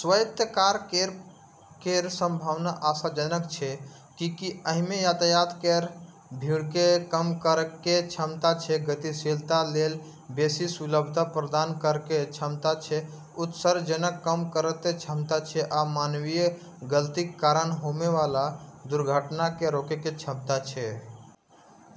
स्वायत्त कार केर संभावना आशाजनक छै, किएकि एहिम यातायात केर भीड़केँ कम करैके क्षमता छै, गतिशीलता लेल बेशी सुलभता प्रदान करयके क्षमता छै, उत्सर्जनकेँ कम करैके क्षमता छै, आ मानवीय गलतीक कारण होमयवला दुर्घटनाकेँ रोकैके क्षमता छै।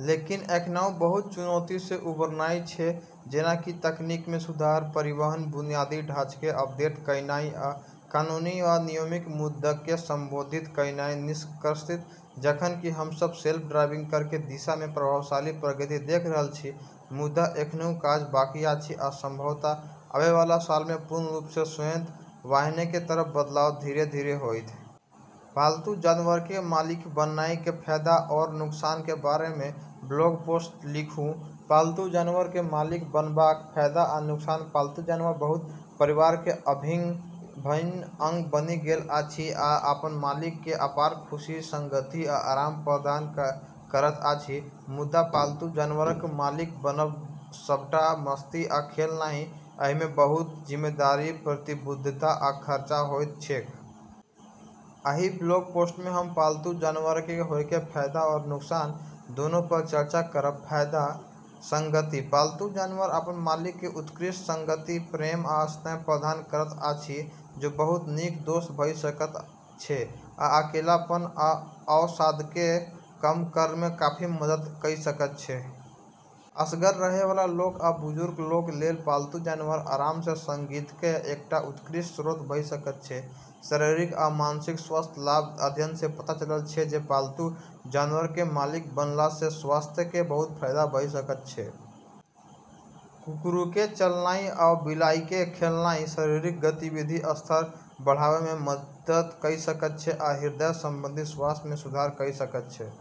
लेकिन, एखनहु बहुत चुनौतीसँ उबरनाइ छै, जेनाकि तकनीक मे सुधार, परिवहन बुनियादी ढाँचाकेँ अपडेट कयनाइ, आ कानूनी एवं नियामक मुद्दाकेँ संबोधित कयनाइ। निष्कर्षतः, जखन कि हमसभ सेल्फ ड्राइविंग कारके दिशा मे प्रभावशाली प्रगति देख रहल छी, मुदा एखनहु काज बाकी अछि, आ संभवतः आबै वाला सालमे पूर्ण रूप सँ स्वायत्त वाहनके तरफ बदलाव धीरे-धीरे होयत। पालतू जानवरके मालिक बनय के फायदा आओर नुकसान के बारे मे ब्लॉग पोस्ट लिखू पालतू जानवर के मालिक बनबाक फायदा आ नुकसान पालतू जानवर बहुत परिवार के अभिन्न अंग बनि गेल अछि, आ ओ अपन मालिक के अपार खुशी, संगति, आ आराम प्रदान करैत अछि मुदा पालतू जानवरक मालिक बनब सबटा मस्ती आ खेल नहिं; एहिमे बहुत जिम्मेदारी, प्रतिबद्धता, आ खर्चा होइत छैक। एहि ब्लॉग पोस्टमे हम पालतू जानवरके होयके फायदा आओर नुकसान दुनूपर चर्चा करब। फायदा संगति: पालतू जानवर अपन मालिक के उत्कृष्ट संगति, प्रेम, आ स्नेह प्रदान करैत अछि ओ बहुत नीक दोस्त भ' सकैत छै आ अकेलापन आ अवसादकेँ कम करयमे काफी मदति क' सकैत छै। असगर रहयवला लोक या बुजुर्ग लोक लेल पालतू जानवर आराम आ संगतिकेँ एकटा उत्कृष्ट स्रोत भ' सकैत छै। शारीरिक आ मानसिक स्वास्थ्य लाभ: अध्ययन सँ पता चलल छै कि पालतू जानवर केँ मालिक बनलासँ स्वास्थ्यकेँ बहुत फायदा भ सकैत छै। कुकुरकेँ चलनाय वा बिलाइक खेलेनाय शारीरिक गतिविधिक स्तर बढ़ावयमे मदति क' सकैत छै आ हृदय संबंधी स्वास्थ्य मे सुधार क' सकैत छै।